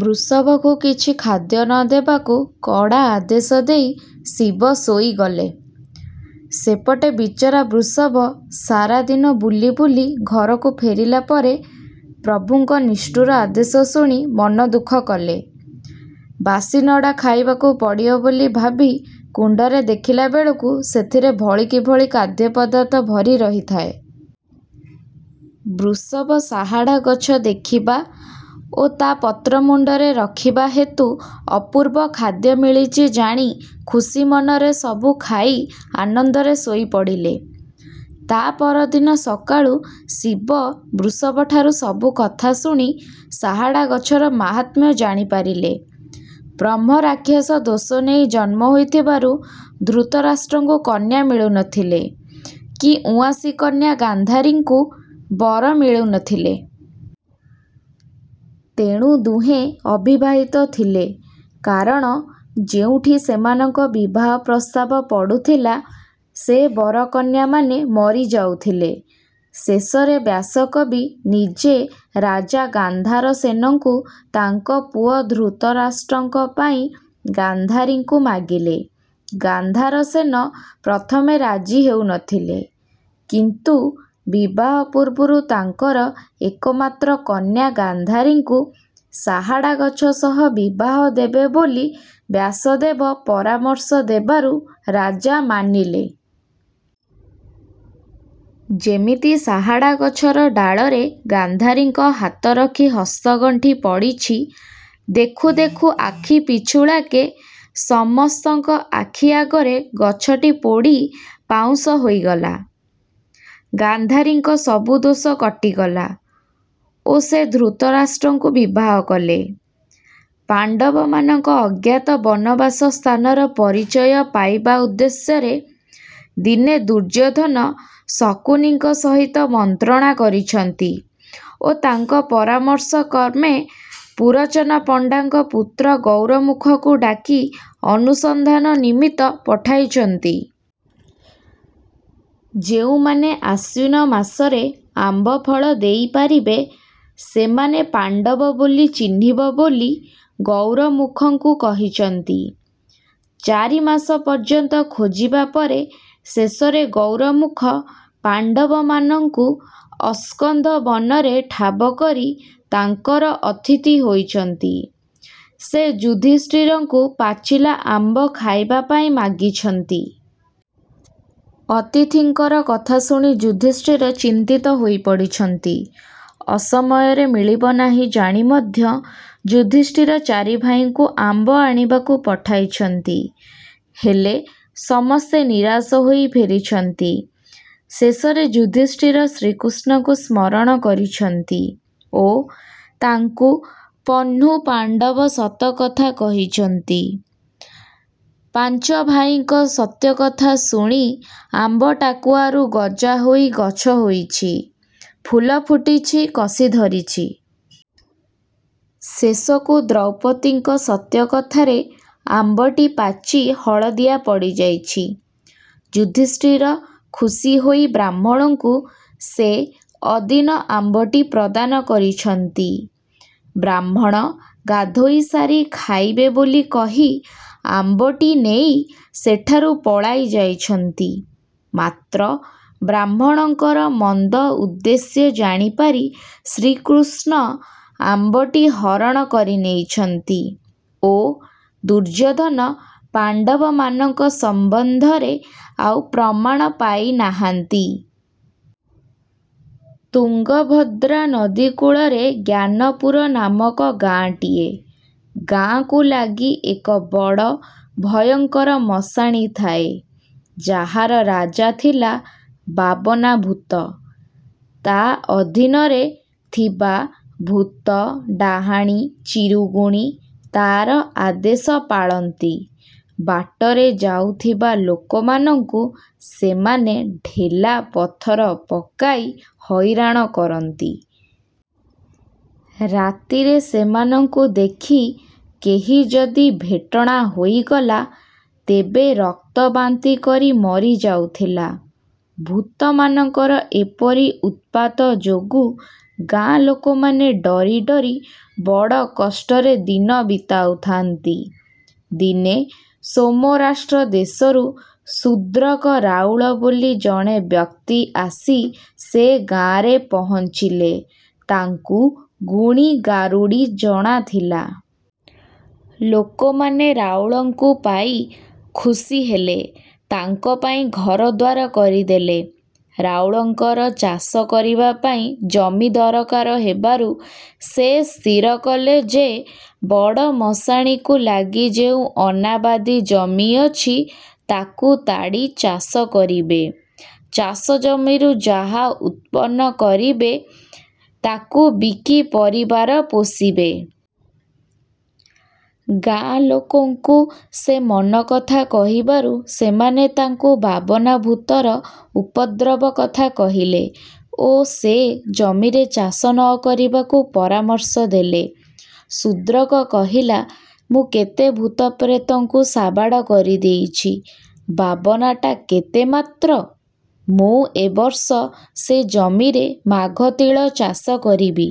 ବୃଷଭକୁ କିଛି ଖାଦ୍ୟ ନ ଦେବାକୁ କଡା ଆଦେଶ ଦେଇ ଶିବ ଶୋଇଗଲେ। ସେପଟେ ବିଚରା ବୃଷଭ ସାରାଦିନ ବୁଲି ବୁଲି ଘରକୁ ଫେରିଲା ପରେ ପ୍ରଭୁଙ୍କ ନିଷ୍ଠୁର ଆଦେଶ ଶୁଣି ମନଦୁଃଖ କଲେ। ବାସିନଡା ଖାଇବାକୁ ପଡିବ ବୋଲି ଭାବି କୁଣ୍ଡରେ ଦେଖିଲା ବେଳକୁ ସେଥିରେ ଭଳିକି ଭଳି ଖାଦ୍ୟପଦାର୍ଥ ଭରି ରହିଥାଏ। ବୃଷଭ ଶାହଡ଼ା ଗଛ ଦେଖିବା ଓ ତା ପତ୍ରମୁଣ୍ଡରେ ରଖିବା ହେତୁ ଅପୁର୍ବ ଖାଦ୍ୟ ମିଳିଛି ଜାଣି ଖୁସି ମନରେ ସବୁ ଖାଇ ଆନନ୍ଦରେ ଶୋଇ ପଡିଲେ। ତା ପରଦିନ ସକାଳୁ ଶିବ ବୃଷଭଠାରୁ ସବୁ କଥା ଶୁଣି ଶାହାଡ଼ାଗଛର ମାହାତ୍ମ୍ୟ ଜାଣିପାରିଲେ। ବ୍ରହ୍ମରାକ୍ଷସ ଦୋଷ ନେଇ ଜନ୍ମ ହୋଇଥିବାରୁ ଧୃତରାଷ୍ଟ୍ରଙ୍କୁ କନ୍ୟା ମିଳୁନଥିଲେ କି ଉଆଁସୀ କନ୍ୟା ଗାନ୍ଧାରୀଙ୍କୁ ବର ମିଳୁନଥିଲେ। ତେଣୁ ଦୁହେଁ ଅବିବାହିତ ଥିଲେ କାରଣ ଯେଉଁଠି ସେମାନଙ୍କ ବିବାହ ପ୍ରସ୍ତାବ ପଡୁଥିଲା, ସେ ବରକନ୍ୟାମାନେ ମରିଯାଉଥିଲେ। ଶେଷରେ ବ୍ୟାସକବି ନିଜେ ରାଜା ଗାନ୍ଧାରସେନଙ୍କୁ ତାଙ୍କ ପୁଅ ଧୃତରାଷ୍ଟ୍ରଙ୍କ ପାଇଁ ଗାନ୍ଧାରୀଙ୍କୁ ମାଗିଲେ। ଗାନ୍ଧାରସେନ ପ୍ରଥମେ ରାଜି ହେଉ ନଥିଲେ, କିନ୍ତୁ ବିବାହ ପୁର୍ବରୁ ତାଙ୍କର ଏକମାତ୍ର କନ୍ୟା ଗାନ୍ଧାରୀଙ୍କୁ ଶାହାଡ଼ାଗଛ ସହ ବିବାହ ଦେବେ ବୋଲି ବ୍ୟାସଦେବ ପରାମର୍ଶ ଦେବାରୁ ରାଜା ମାନିଲେ। ଯେମିତି ଶାହାଡ଼ାଗଛର ଡାଳରେ ଗାନ୍ଧାରୀଙ୍କ ହାତ ରଖି ହସ୍ତଗଣ୍ଠି ପଡିଛି, ଦେଖୁ ଦେଖୁ ଆଖିପିଛୁଳାକେ ସମସ୍ତଙ୍କ ଆଖି ଆଗରେ ଗଛଟି ପୋଡ଼ି ପାଉଁଶ ହୋଇଗଲା। ଗାନ୍ଧାରୀଙ୍କ ସବୁ ଦୋଷ କଟିଗଲା ଓ ସେ ଧୃତରାଷ୍ଟ୍ରଙ୍କୁ ବିବାହ କଲେ। ପାଣ୍ଡବମାନଙ୍କ ଅଜ୍ଞାତ ବନବାସ ସ୍ଥାନର ପରିଚୟ ପାଇବା ଉଦ୍ଦେଶ୍ୟରେ ଦିନେ ଦୁର୍ଯୋଧନ ଶକୁନିଙ୍କ ସହିତ ମନ୍ତ୍ରଣା କରିଛନ୍ତି ଓ ତାଙ୍କ ପରାମର୍ଶକ୍ରମେ ପୁରଚନ ପଣ୍ଡାଙ୍କ ପୁତ୍ର ଗୌରମୁଖକୁ ଡାକି ଅନୁସନ୍ଧାନ ନିମିତ୍ତ ପଠାଇଛନ୍ତି। ଯେଉଁମାନେ ଆଶ୍ୱିନ ମାସରେ ଆମ୍ବଫଳ ଦେଇ ପାରିବେ, ସେମାନେ ପାଣ୍ଡବ ବୋଲି ଚିହ୍ନିବ ବୋଲି ଗୌରମୁଖଙ୍କୁ କହିଛନ୍ତି। ଚାରିମାସ ପର୍ଯନ୍ତ ଖୋଜିବା ପରେ ଶେଷରେ ଗୌରମୁଖ ପାଣ୍ଡବମାନଙ୍କୁ ଅସ୍କନ୍ଧ ବନରେ ଠାବ କରି ତାଙ୍କର ଅତିଥି ହୋଇଛନ୍ତି। ସେ ଯୁଧିଷ୍ଠିରଙ୍କୁ ପାଚିଲା ଆମ୍ବ ଖାଇବା ପାଇଁ ମାଗିଛନ୍ତି। ଅତିଥିଙ୍କର କଥା ଶୁଣି ଯୁଧିଷ୍ଠିର ଚିନ୍ତିତ ହୋଇ ପଡିଛନ୍ତି। ଅସମୟରେ ମିଳିବନାହିଁ ଜାଣି ମଧ୍ୟ ଯୁଧିଷ୍ଠିର ଚାରିଭାଇଙ୍କୁ ଆମ୍ବ ଆଣିବାକୁ ପଠାଇଛନ୍ତି ହେଲେ ସମସ୍ତେ ନିରାଶ ହୋଇ ଫେରିଛନ୍ତି। ଶେଷରେ ଯୁଧିଷ୍ଠିର ଶ୍ରୀକୃଷ୍ନଙ୍କୁ ସ୍ମରଣ କରିଛନ୍ତି ଓ ତାଙ୍କୁ ପନ୍ହୁପାଣ୍ଡବ ସତକଥା କହିଛନ୍ତି। ପାଙ୍ଚଭାଇଙ୍କ ସତ୍ୟକଥା ଶୁଣି ଆମ୍ବ ଟାକୁଆରୁ ଗଜା ହୋଇ ଗଛ ହୋଇଛି, ଫୁଲ ଫୁଟିଛି, କଷି ଧରିଛି। ଶେଷକୁ ଦ୍ରୌପଦୀଙ୍କ ସତ୍ୟକଥାରେ ଆମ୍ବଟି ପାଚି ହଳଦିଆ ପଡିଯାଇଛି। ଯୁଧିଷ୍ଠିର ଖୁସି ହୋଇ ବ୍ରାହ୍ମଣଙ୍କୁ ସେ ଅଦିନ ଆମ୍ବଟି ପ୍ରଦାନ କରିଛନ୍ତି। ବ୍ରାହ୍ମଣ ଗଧୋଇସାରି ଖାଇବେ ବୋଲି କହି ଆମ୍ବଟି ନେଇ ସେଠାରୁ ପଳାଇ ଯାଇଛନ୍ତି। ମାତ୍ର ବ୍ରାହ୍ମଣଙ୍କର ମନ୍ଦ ଉଦ୍ଦେଶ୍ୟ ଜାଣିପାରି ଶ୍ରୀକୃଷ୍ନ ଆମ୍ବଟି ହରଣ କରି ନେଇଛନ୍ତି ଓ ଦୁର୍ଯୋଧନ ପାଣ୍ଡବମାନଙ୍କ ସମ୍ବନ୍ଧରେ ଆଉ ପ୍ରମାଣ ପାଇନାହାନ୍ତି। ତୁଙ୍ଗଭଦ୍ରା ନଦୀ କୁଳରେ ଜ୍ଞାନପୁର ନାମକ ଗାଁଟିଏ। ଗାଁକୁ ଲାଗି ଏକ ବଡ଼ ଭୟଙ୍କର ମଶାଣୀ ଥାଏ, ଯାହାର ରାଜା ଥିଲା ବାବନାଭୁତ। ତା ଅଧୀନରେ ଥିବା ଭୁତ, ଡାହାଣୀ, ଚିରୁଗୁଣୀ ତାର ଆଦେଶ ପାଳନ୍ତି। ବାଟରେ ଯାଉଥିବା ଲୋକମାନଙ୍କୁ ସେମାନେ ଢେଲାପଥର ପକାଇ ହଇରାଣ କରନ୍ତି। ରାତିରେ ସେମାନଙ୍କୁ ଦେଖି କେହି ଯଦି ଭେଟଣା ହୋଇଗଲା, ତେବେ ରକ୍ତବାନ୍ତି କରି ମରି ଯାଉଥିଲା। ଭୁତମାନଙ୍କର ଏପରି ଉତ୍ପାତଯୋଗୁ ଗାଁ ଲୋକମାନେ ଡରିଡରି ବଡ଼ କଷ୍ଟରେ ଦିନ ବିତାଉଥାନ୍ତି। ଦିନେ ସୋମରାଷ୍ଟ୍ର ଦେଶରୁ ଶୁଦ୍ରକ ରାଉଳ ବୋଲି ଜଣେ ବ୍ୟକ୍ତି ଆସି ସେ ଗାଁରେ ପହଙ୍ଚିଲେ, ତାଙ୍କୁ ଗୁଣି ଗାରୁଡି ଜଣାଥିଲା। ଲୋକମାନେ ରାଉଳଙ୍କୁ ପାଇ ଖୁସି ହେଲେ, ତାଙ୍କପାଇଁ ଘରଦ୍ୱାର କରିଦେଲେ। ରାଉଳଙ୍କର ଚାଷ କରିବାପାଇଁ ଜମି ଦରକାର ହେବାରୁ ସେ ସ୍ଥିର କଲେ ଯେ ବଡ଼ ମଶାଣୀକୁ ଲାଗି ଯେଉଁ ଅନାବାଦୀ ଜମି ଅଛି, ତାକୁ ତାଡି ଚାଷ କରିବେ। ଚାଷଜମିରୁ ଯାହା ଉତ୍ପନ୍ନ କରିବେ ତାକୁ ବିକି ପରିବାର ପୋଷିବେ। ଗାଁଲୋକଙ୍କୁ ସେ ମନକଥା କହିବାରୁ ସେମାନେ ତାଙ୍କୁ ବାବନାଭୁତର ଉପଦ୍ରବ କଥା କହିଲେ ଓ ସେ ଜମିରେ ଚାଷ ନ କରିବାକୁ ପରାମର୍ଶ ଦେଲେ। ଶୁଦ୍ରକ କହିଲା "ମୁଁ କେତେ ଭୁତ ପ୍ରେତଙ୍କୁ ସାବାଡ଼ କରିଦେଇଚି, ବାବନାଟା କେତେ ମାତ୍ର! ମୁଁ ଏବର୍ଷ ସେ ଜମିରେ ମାଘତିଳ ଚାଷ କରିବି।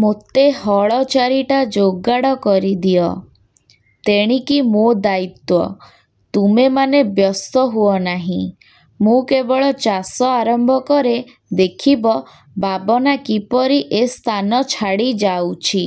ମୋତେ ହଳ ଚାରିଟା ଯୋଗାଡ଼ କରିଦିଅ। ତେଣିକି ମୋ ଦାୟିତ୍ୱ। ତୁମେମାନେ ବ୍ୟସ୍ତ ହୁଅନାହିଁ। ମୁଁ କେବଳ ଚାଷ ଆରମ୍ଭ କରେ, ଦେଖିବ ବାବନା କିପରି ଏ ସ୍ଥାନ ଛାଡ଼ିଯାଉଛି।